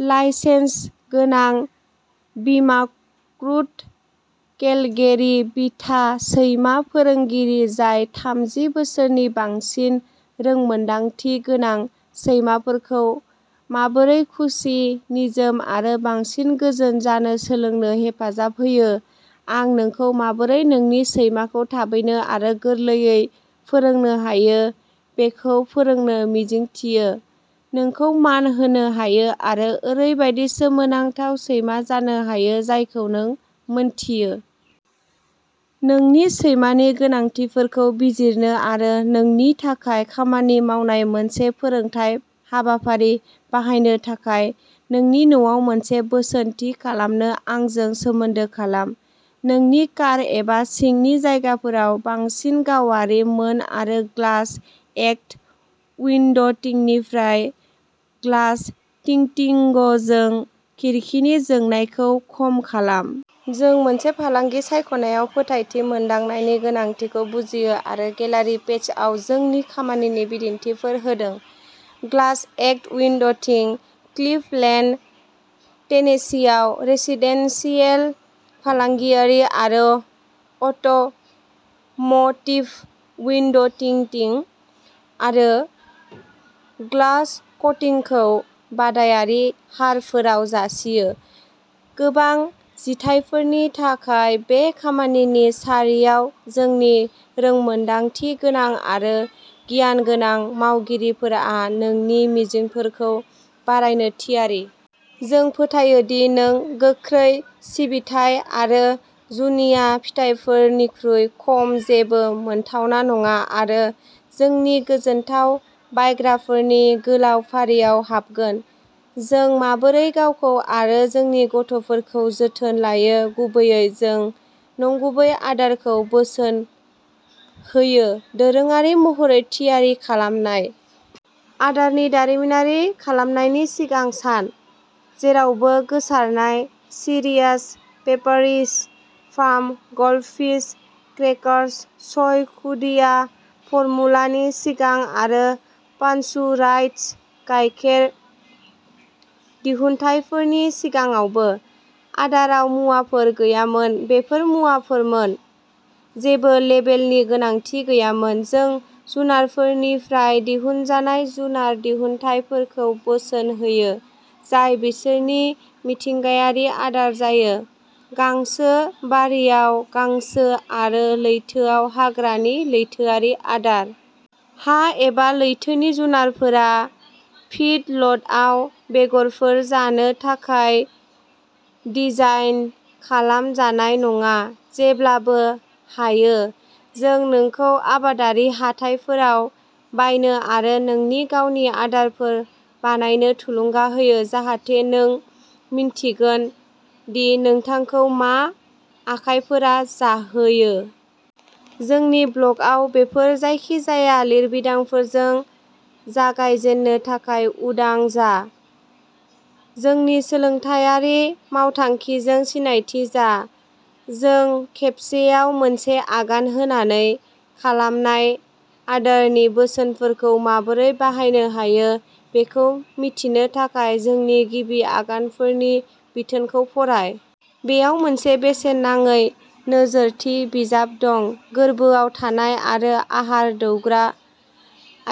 Licence गोनां बीमाक्रुत केलगेरी बिथा सैमा फोरोंगिरि जाय थामजि बोसोरनि बांसिन रोंमोन्दांथि गोनां, सैमाफोरखौ माबोरै खुसि, निजोम आरो बांसिन गोजोन जानो सोलोंनो हेफाजाब होयो। आं नोंखौ माबोरै नोंनि सैमाखौ थाबैनो आरो गोरलैयै फोरोंनो हायो बेखौ फोरोंनो मिजिंथियो, नोंखौ मान होनो हायो आरो ओरैबायदि सोमोनांथाव सैमा जानो हायो जायखौ नों मोन्थियो। नोंनि सैमानि गोनांथिफोरखौ बिजिरनो आरो नोंनि थाखाय खामानि मावनाय मोनसे फोरोंथाय हाबाफारि बाहायनो थाखाय नोंनि न'आव मोनसे बोसोन थि खालामनो आंजों सोमोन्दो खालाम। नोंनि कार एबा सिंनि जायगाफोराव बांसिन गावारि मोन आरो ग्लास एक्ट उइन्ड'टिंनिफ्राय ग्लास टिंटिंगजों खिरखिनि जोंनायखौ खम खालाम। जों मोनसे फालांगि सायख'नायाव फोथायथि मोनदांनायनि गोनांथिखौ बुजियो आरो गेलारि पेजआव जोंनि खामानिनि बिदिन्थिफोर होदों। ग्लास एक्ट उइन्ड'टिं क्लिभलेन्ड, टेनेसीआव, रेसिदेन्सियेल, फालांगियारि आरो अट'म'टिभ उइन्ड'टिंटिंग आरो ग्लास कटिंगखौ बादायारि हारफोराव जासियो। गोबां जिथायफोरनि थाखाय बे खामानिनि सारियाव, जोंनि रोंमोन्दांथिगोनां आरो गियानगोनां मावगिरिफोरा नोंनि मिजिंफोरखौ बारायनो थियारि। जों फोथायो दि नों गोख्रै सिबिथाइ आरो जुनिया फिथायफोरनिख्रुइ खम जेबो मोनथावना नङा। आरो जोंनि गोजोनथाव बायग्राफोरनि गोलाव फारियाव हाबगोन। जों माबोरै गावखौ आरो जोंनि गथ'फोरखौ जोथोन लायो? गुबैयै, जों नंगुबै आदारखौ बोसोन होयो, दोरोङारि महरै थियारि खालामनाय। आदारनि दारिमिनारि खालामनायनि सिगां सान। जेरावबो गोसारनाय Cheerios, Pepperidge Farm Goldfish crackers, सय खुदिया फर्मुलानि सिगां आरो पास्चुराइज्ड गायखेर दिहुनथायफोरनि सिगाङावबो। आदाराव मुवाफोर गैयामोन, बेफोर मुवाफोरमोन। जेबो लेबेलनि गोनांथि गैयामोन। जों जुनारफोरनिफ्राय दिहुनजानाय जुनार दिहुनथायफोरखौ बोसोन होयो, जाय बिसोरनि मिथिंगायारि आदार जायो, गांसोबारिआव गांसो आरो लैथोआव हाग्रानि लैथोआरि आदार। हा एबा लैथोनि जुनारफोरा फिडलटआव बेगरफोर जानो थाखाय डिजाइन खालाम जानाय नङा। जेब्लाबो हायो, जों नोंखौ आबादारि हाथाइफोराव बायनो आरो नोंनि गावनि आदारफोर बानायनो थुलुंगा होयो, जाहाथे नों मिन्थिगोन दि नोंथांखौ मा आखायफोरा जाहैयो। जोंनि ब्ल'गआव बेफोर जायखिजाया लिरबिदांफोरजों जागाय जेननो थाखाय उदां जा। जोंनि सोलोंथायारि मावथांखिजों सिनायथि जा। जों खेबसेआव मोनसे आगान होनानै खालामनाय आदारनि बोसोनफोरखौ माबोरै बाहायनो हायो बेखौ मिथिनो थाखाय जोंनि गिबि आगानफोरनि बिथोनखौ फराय। बेयाव मोनसे बेसेन नाङै नोजोरथि बिजाब दं। गोरबोआव थानाय आरो आहार दौग्रा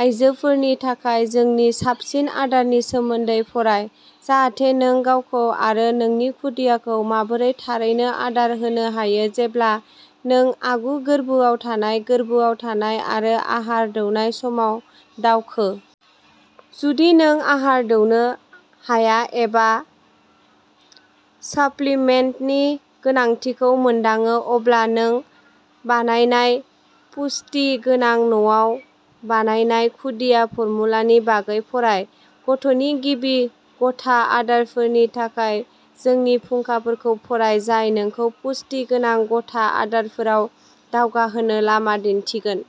आयजोफोरनि थाखाय जोंनि साबसिन आदारनि सोमोन्दै फराय, जाहाथे नों गावखौ आरो नोंनि खुदियाखौ माबोरै थारैनो आदार होनो हायो, जेब्ला नों आगु गोर्बोआव थानाय, गोर्बोआव थानाय आरो आहार दौनाय समाव दावखो। जुदि नों आहार दौनो हाया एबा साप्लिमेन्टनि गोनांथिखौ मोनदाङो, अब्ला नों बानायनाय पुष्टि गोनां न'आव बानायनाय खुदिया फर्मुलानि बागै फराय। गथ'नि गिबि गथा आदारफोरनि थाखाय जोंनि फुंखाफोरखौ फराय, जाय नोंखौ पुष्टि गोनां गथा आदारफोराव दावगाहोनो लामा दिन्थिगोन।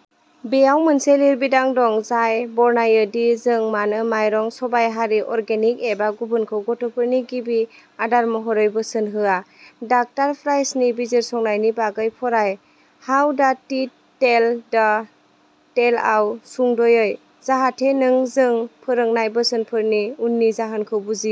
बेयाव मोनसे लिरबिदां दं, जाय बरनायो दि जों मानो माइरं सबायहारि, अर्गेनिक एबा गुबुनखौ, गथ'फोरनि गिबि आदार महरै बोसोन होआ। डाक्टार प्राइसनि बिजिरसंनायनि बागै फराय, हाउ दा टीथ टेल दा टेलआव सुंद'यै, जाहाथे नों जों फोरोंनाय बोसोनफोरनि उननि जाहोनखौ बुजियो।